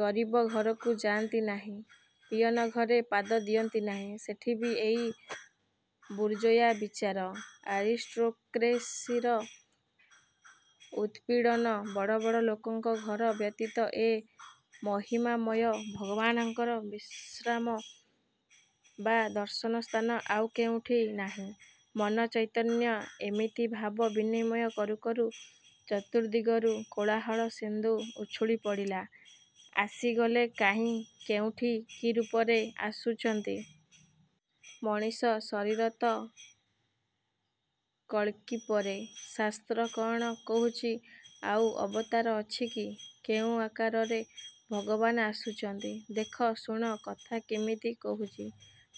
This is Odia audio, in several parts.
ଗରିବ ଘରକୁ ଯାଆନ୍ତି ନାହିଁ, ପିଅନ ଘରେ ପାଦ ଦିଅନ୍ତି ନାହିଁ, ସେଠି ବି ଏଇ ବୁର୍ଜୋୟା ବିଚାର, ଆରିଷ୍ଟ୍ରୋକ୍ରେସିର ଉତ୍ପୀଡ଼ନ; ବଡ଼ ବଡ଼ ଲୋକଙ୍କ ଘର ବ୍ୟତୀତ ଏ ମହିମାମୟ ଭଗବାନଙ୍କର ବିଶ୍ରାମ ବା ଦର୍ଶନ ସ୍ଥାନ ଆଉ କେଉଁଠି ନାହିଁ? ମନ ଚୈତନ୍ୟ ଏମିତି ଭାବ ବିନିମୟ କରୁ କରୁ ଚତୁର୍ଦ୍ଦିଗରୁ କୋଳାହଳ-ସିନ୍ଧୁ ଉଛୁଳିପଡ଼ିଲା–ଆସିଗଲେ–କାହିଁ, କେଉଁଠି, କି ରୂପରେ ଆସୁଛନ୍ତି? ମଣିଷଶରୀର ତ? କଳ୍କି ପରେ ଶାସ୍ତ୍ର କଅଣ କହୁଛି, ଆଉ ଅବତାର ଅଛି କି? କେଉଁ ଆକାରରେ ଭଗବାନ ଆସୁଛନ୍ତି? ଦେଖ, ଶୁଣ, କଥା କିମିତି କହୁଛି,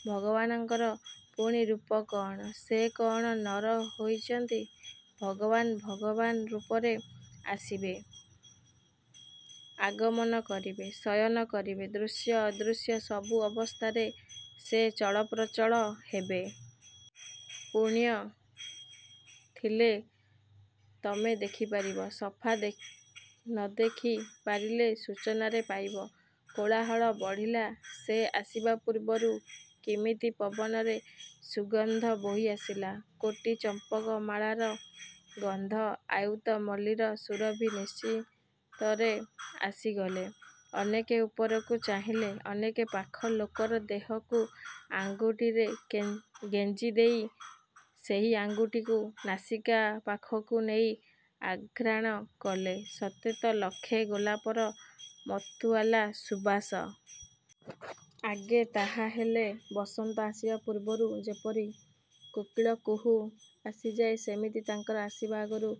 ଭଗବାନଙ୍କର ପୁଣି ରୂପ କଅଣ? ସେ କଅଣ ନର ହୋଇଛନ୍ତି? ଭଗବାନ ଭଗବାନ ରୂପରେ ଆସିବେ, ଆଗମନ କରିବେ, ଶୟନ କରିବେ, ଦୃଶ୍ୟ, ଅଦୃଶ୍ୟ ସବୁ ଅବସ୍ଥାରେ ସେ ଚଳପ୍ରଚଳ ହେବେ। ପୁଣ୍ୟ ଥିଲେ ତମେ ଦେଖିପାରିବ, ସଫା ନଦେଖି ପାରିଲେ ସୂଚନାରେ ପାଇବ। କୋଳାହଳ ବଢ଼ିଲା। ସେ ଆସିବା ପୂର୍ବରୁ କିମିତି ପବନରେ ସୁଗନ୍ଧ ବୋହିଆସିଲା। କୋଟି ଚମ୍ପକମାଳାର ଗନ୍ଧ, ଅୟୁତ ମଲ୍ଲୀର ସୁରଭି-ନିଶ୍ଚିତରେ ଆସିଗଲେ। ଅନେକେ ଉପରକୁ ଚାହିଁଲେ, ଅନେକେ ପାଖ ଲୋକର ଦେହକୁ ଆଙ୍ଗୁଠିରେ ଗେଞ୍ଜି ଦେଇ ସେହି ଆଙ୍ଗୁଠିକୁ ନାସିକା-ପାଖକୁ ନେଇ ଆଘ୍ରାଣ କଲେ; ସତେ ତ ଲକ୍ଷେ ଗୋଲାପର ମତୁଆଲା ସୁବାସ। ଆଗେ ତାହା ହେଲେ ବସନ୍ତ ଆସିବା ପୂର୍ବରୁ ଯେପରି କୋକିଳକୁହୁ ଆସିଯାଏ, ସେମିତି ତାଙ୍କର ଆସିବା ଆଗରୁ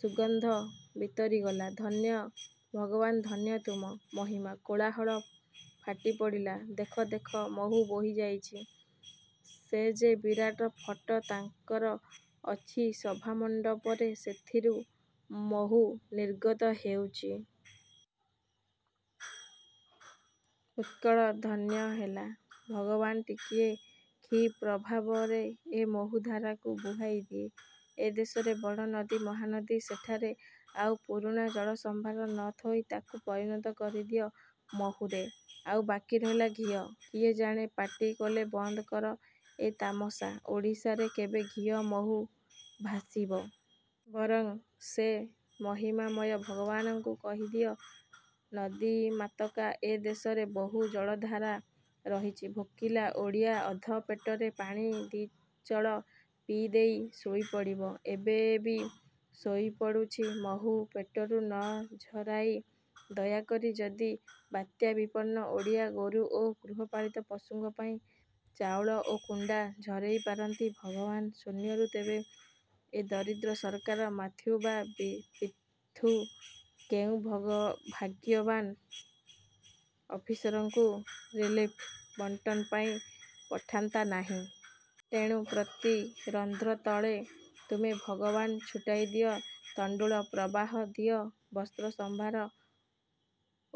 ସୁଗନ୍ଧ ବିତରିଗଲା। ଧନ୍ୟ ଭଗବାନ, ଧନ୍ୟ ତୁମ ମହିମା! କୋଳାହଳ ଫାଟିପଡ଼ିଲା–ଦେଖ, ଦେଖ, ମହୁ ବୋହିଯାଇଛି, ସେ ଯେ ବିରାଟ ଫଟ ତାଙ୍କର ଅଛି ସଭାମଣ୍ଡପରେ, ସେଥିରୁ ମହୁ ନିର୍ଗତ ହେଉଛି। ଉତ୍କଳ ଧନ୍ୟ ହେଲା। ଭଗବାନ, ଟିକିଏ କ୍ଷୀପ୍ରଭାବରେ ଏ ମହୁଧାରାକୁ ବୁହାଇ ଦିଅ; ଏ ଦେଶରେ ବଡ଼ ନଦୀ ମହାନଦୀ, ସେଠାରେ ଆଉ ପୁରୁଣା ଜଳସମ୍ଭାର ନ ଥୋଇ ତାକୁ ପରିଣତ କରିଦିଅ ମହୁରେ ଆଉ ବାକୀ ରହିଲା ଘିଅ। କିଏ ଜାଣେ ପାଟି କଲେ–ବନ୍ଦ କର ଏ ତାମସା, ଓଡ଼ିଶାରେ କେବେ ଘିଅ ମହୁ ଭାସିବ-? ବରଂ ସେ ମହିମାମୟ ଭଗବାନଙ୍କୁ କହିଦିଅ, ନଦୀମାତକା ଏ ଦେଶରେ ବହୁ ଜଳଧାରା ରହିଛି, ଭୋକିଲା ଓଡ଼ିଆ ଅଧ ପେଟରେ ପାଣି ଦି'ଚଳ ପି ଦେଇ ଶୋଇପଡ଼ିବ, ଏବେ ବି ଶୋଇପଡ଼ୁଛି। ମହୁ ପେଟରୁ ନ ଝରାଇ ଦୟାକରି ଯଦି ବାତ୍ୟାବିପନ୍ନ ଓଡ଼ିଆ, ଗୋରୁ ଓ ଗୃହପାଳିତ ପଶୁଙ୍କ ପାଇଁ ଚାଉଳ ଓ କୁଣ୍ଡା ଝରେଇ ପାରନ୍ତି ଭଗବାନ ଶୂନ୍ୟରୁ, ତେବେ ଏ ଦରିଦ୍ର ସରକାର ମାଥ୍ୟୁ ବା ପିଥୁ କେଉଁ ଭଗ୍ୟବାନ ଅଫିସରଙ୍କୁ ରିଲ୍ଫ୍ ବଣ୍ଟନ ପାଇଁ ପଠାନ୍ତାନାହିଁ। ତେଣୁ ପ୍ରତି ରନ୍ଧ୍ର ତଳେ ତୁମେ ଭଗବାନ ଛୁଟାଇଦିଅ ତଣ୍ଡୁଳ ପ୍ରବାହ, ଦିଅ ବସ୍ତ୍ରସମ୍ଭାର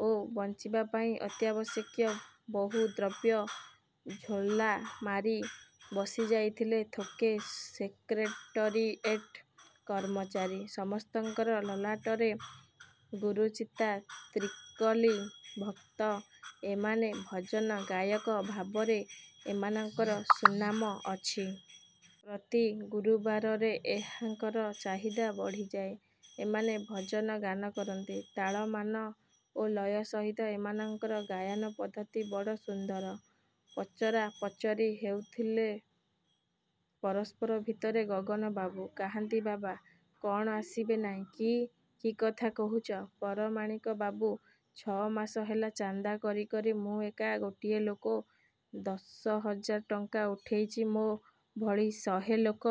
ଓ ବଞ୍ଚିବାପାଇଁ ଅତ୍ୟାବଶ୍ୟକୀୟ ବହୁ ଦ୍ରବ୍ୟ। ଝୋଲାମାରି ବସିଯାଇଥିଲେ ଥୋକେ ସେକ୍ରେଟରିଏଟ କର୍ମଚାରୀ। ସମସ୍ତଙ୍କର ଲଲାଟରେ ଗୁରୁଚିତା, ତ୍ରିକଲି। ଭକ୍ତ ଏମାନେ; ଭଜନ ଗାୟକ ଭାବରେ ଏମାନଙ୍କର ସୁନାମ ଅଛି-। ପ୍ରତି ଗୁରୁବାରରେ ଏହାଙ୍କର ଚାହିଦା ବଢ଼ିଯାଏ…. ଏମାନେ ଭଜନ ଗାନକରନ୍ତି। ତାଳମାନ ଓ ଲୟ ସହିତ ଏମାନଙ୍କର ଗାୟନପଦ୍ଧତି ବଡ଼ ସୁନ୍ଦର। ପଚରାପଚରି ହେଉଥିଲେ ପରସ୍ପର ଭିତରେ ଗଗନ ବାବୁ, କାହାନ୍ତି ବାବା? କଅଣ ଆସିବେ ନାହିଁ କି?... କି କଥା କହୁଛ, ପରମାଣିକ ବାବୁ, ଛଅମାସ ହେଲା ଚାନ୍ଦା କରି କରି ମୁଁ ଏକା ଗୋଟିଏ ଲୋକ ଦଶହଜାର ଟଙ୍କା ଉଠେଇଛି। ମୋ' ଭଳି ଶହେ ଲୋକ